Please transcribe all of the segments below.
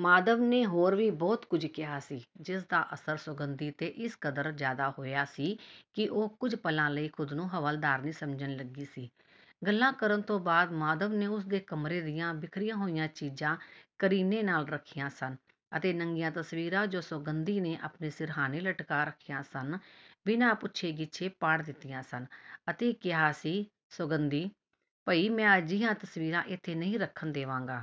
ਮਾਧਵ ਨੇ ਹੋਰ ਵੀ ਬਹੁਤ ਕੁੱਝ ਕਿਹਾ ਸੀ, ਜਿਸਦਾ ਅਸਰ ਸੌਗੰਧੀ ਤੇ ਇਸ ਕਦਰ ਜ਼ਿਆਦਾ ਹੋਇਆ ਸੀ ਕਿ ਉਹ ਕੁਝ ਪਲਾਂ ਲਈ ਖ਼ੁਦ ਨੂੰ ਹਵਾਲਦਾਰਨੀ ਸਮਝਣ ਲੱਗੀ ਸੀ। ਗੱਲਾਂ ਕਰਨ ਤੋ ਬਾਅਦ ਮਾਧਵ ਨੇ ਉਸਦੇ ਕਮਰੇ ਦੀਆਂ ਬਿਖਰੀਆਂ ਹੋਈਆਂ ਚੀਜ਼ਾਂ ਕਰੀਨੇ ਨਾਲ਼ ਰੱਖੀਆਂ ਸਨ ਅਤੇ ਨੰਗੀਆਂ ਤਸਵੀਰਾਂ ਜੋ ਸੌਗੰਧੀ ਨੇ ਆਪਣੇ ਸਿਰਹਾਨੇ ਲਟਕਾ ਰੱਖੀਆਂ ਸਨ, ਬਿਨਾਂ ਪੁੱਛੇ-ਗਿਛੇ ਪਾੜ ਦਿੱਤੀਆਂ ਸਨ ਅਤੇ ਕਿਹਾ ਸੀ, “ਸੌਗੰਧੀ, ਭਈ ਮੈਂ ਅਜਿਹੀਆਂ ਤਸਵੀਰਾਂ ਇੱਥੇ ਨਹੀਂ ਰੱਖਣ ਦੇਵਾਂਗਾ।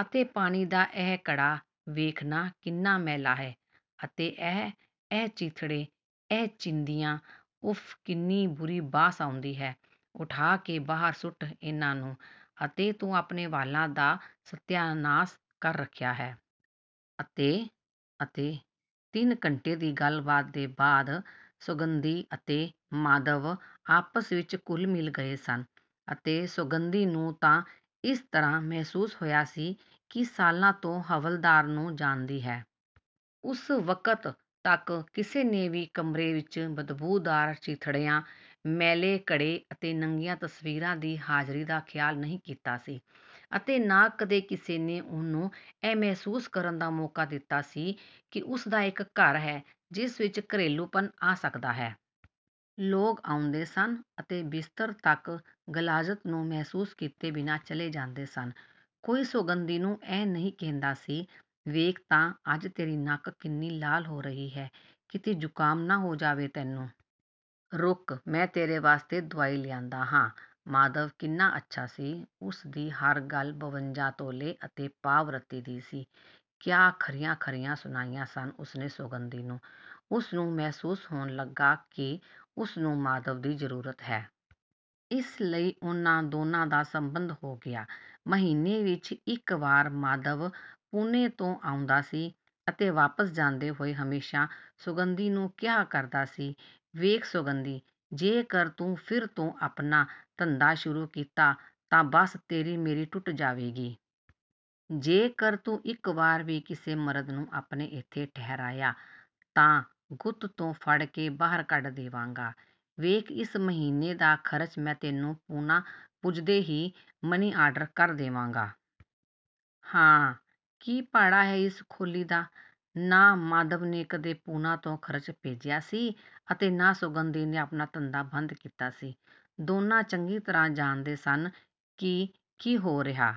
ਅਤੇ ਪਾਣੀ ਦਾ ਇਹ ਘੜਾ, ਵੇਖਣਾ ਕਿੰਨਾ ਮੈਲਾ ਹੈ ਅਤੇ ਇਹ, ਇਹ ਚੀਥੜੇ, ਇਹ ਚਿੰਦੀਆਂ, ਉਫ਼, ਕਿੰਨੀ ਬੁਰੀ ਬਾਸ ਆਉਂਦੀ ਹੈ, ਉਠਾ ਕੇ ਬਾਹਰ ਸੁੱਟ ਇਨ੍ਹਾਂ ਨੂੰ। ਅਤੇ ਤੂੰ ਆਪਣੇ ਵਾਲ਼ਾਂ ਦਾ ਸਤਿਆਨਾਸ ਕਰ ਰੱਖਿਆ ਹੈ। ਅਤੇ, ਅਤੇ।” ਤਿੰਨ ਘੰਟੇ ਦੀ ਗੱਲਬਾਤ ਦੇ ਬਾਅਦ ਸੌਗੰਧੀ ਅਤੇ ਮਾਧਵ ਆਪਸ ਵਿੱਚ ਘੁਲ਼ ਮਿਲ਼ ਗਏ ਸਨ ਅਤੇ ਸੌਗੰਧੀ ਨੂੰ ਤਾਂ ਇਸ ਤਰ੍ਹਾਂ ਮਹਿਸੂਸ ਹੋਇਆ ਸੀ ਕਿ ਸਾਲਾਂ ਤੋਂ ਹਵਾਲਦਾਰ ਨੂੰ ਜਾਣਦੀ ਹੈ। ਉਸ ਵਕਤ ਤੱਕ ਕਿਸੇ ਨੇ ਵੀ ਕਮਰੇ ਵਿੱਚ ਬਦਬੂਦਾਰ ਚੀਥੜਿਆਂ, ਮੈਲੇ ਘੜੇ ਅਤੇ ਨੰਗੀਆਂ ਤਸਵੀਰਾਂ ਦੀ ਹਾਜ਼ਰੀ ਦਾ ਖ਼ਿਆਲ ਨਹੀਂ ਕੀਤਾ ਸੀ ਅਤੇ ਨਾ ਕਦੇ ਕਿਸੇ ਨੇ ਉਹਨੂੰ ਇਹ ਮਹਿਸੂਸ ਕਰਨ ਦਾ ਮੌਕਾ ਦਿੱਤਾ ਸੀ ਕਿ ਉਸਦਾ ਇੱਕ ਘਰ ਹੈ ਜਿਸ ਵਿੱਚ ਘਰੇਲੂਪਣ ਆ ਸਕਦਾ ਹੈ। ਲੋਕ ਆਉਂਦੇ ਸਨ ਅਤੇ ਬਿਸਤਰ ਤੱਕ ਗ਼ਲਾਜ਼ਤ ਨੂੰ ਮਹਿਸੂਸ ਕੀਤੇ ਬਿਨਾਂ ਚਲੇ ਜਾਂਦੇ ਸਨ। ਕੋਈ ਸੌਗੰਧੀ ਨੂੰ ਇਹ ਨਹੀਂ ਕਹਿੰਦਾ ਸੀ, “ਵੇਖ ਤਾਂ ਅੱਜ ਤੇਰੀ ਨੱਕ ਕਿੰਨੀ ਲਾਲ਼ ਹੋ ਰਹੀ ਹੈ, ਕਿਤੇ ਜੁਕਾਮ ਨਾ ਹੋ ਜਾਵੇ ਤੈਨੂੰ। ਰੁੱਕ ਮੈਂ ਤੇਰੇ ਵਾਸਤੇ ਦਵਾਈ ਲਿਆਂਦਾ ਹਾਂ।” ਮਾਧਵ ਕਿੰਨਾ ਅੱਛਾ ਸੀ, ਉਸਦੀ ਹਰ ਗੱਲ ਬਵੰਜਾ ਤੋਲੇ ਅਤੇ ਪਾਵ-ਰੱਤੀ ਦੀ ਸੀ। ਕਿਆ ਖਰੀਆਂ ਖਰੀਆਂ ਸੁਣਾਈਆਂ ਸਨ ਉਸਨੇ ਸੌਗੰਧੀ ਨੂੰ। ਉਸਨੂੰ ਮਹਿਸੂਸ ਹੋਣ ਲੱਗਾ ਕਿ ਉਸਨੂੰ ਮਾਧਵ ਦੀ ਜ਼ਰੂਰਤ ਹੈ। ਇਸ ਲਈ ਉਨ੍ਹਾਂ ਦੋਨਾਂ ਦਾ ਸੰਬੰਧ ਹੋ ਗਿਆ। ਮਹੀਨੇ ਵਿੱਚ ਇੱਕ ਵਾਰ ਮਾਧਵ ਪੂਨੇ ਤੋਂ ਆਉਂਦਾ ਸੀ ਅਤੇ ਵਾਪਸ ਜਾਂਦੇ ਹੋਏ ਹਮੇਸ਼ਾ ਸੌਗੰਧੀ ਨੂੰ ਕਿਹਾ ਕਰਦਾ ਸੀ, “ਵੇਖ ਸੌਗੰਧੀ! ਜੇਕਰ ਤੂੰ ਫਿਰ ਤੋਂ ਆਪਣਾ ਧੰਦਾ ਸ਼ੁਰੂ ਕੀਤਾ ਤਾਂ ਬਸ ਤੇਰੀ ਮੇਰੀ ਟੁੱਟ ਜਾਵੇਗੀ। ਜੇਕਰ ਤੂੰ ਇੱਕ ਵਾਰ ਵੀ ਕਿਸੇ ਮਰਦ ਨੂੰ ਆਪਣੇ ਇੱਥੇ ਠਹਿਰਾਇਆ ਤਾਂ ਗੁੱਤ ਤੋਂ ਫੜ ਕੇ ਬਾਹਰ ਕੱਢ ਦੇਵਾਂਗਾ। ਵੇਖ ਇਸ ਮਹੀਨੇ ਦਾ ਖ਼ਰਚ ਮੈਂ ਤੈਨੂੰ ਪੂਨਾ ਪੁੱਜਦੇ ਹੀ ਮਨੀ ਆਰਡਰ ਕਰ ਦੇਵਾਂਗਾ। ਹਾਂ, ਕੀ ਭਾੜਾ ਹੈ ਇਸ ਖੋਲੀ ਦਾ।” ਨਾ ਮਾਧਵ ਨੇ ਕਦੇ ਪੂਨਾ ਤੋਂ ਖ਼ਰਚ ਭੇਜਿਆ ਸੀ ਅਤੇ ਨਾ ਸੌਗੰਧੀ ਨੇ ਆਪਣਾ ਧੰਦਾ ਬੰਦ ਕੀਤਾ ਸੀ। ਦੋਨਾਂ ਚੰਗੀ ਤਰ੍ਹਾਂ ਜਾਣਦੇ ਸਨ ਕਿ ਕੀ ਹੋ ਰਿਹਾ।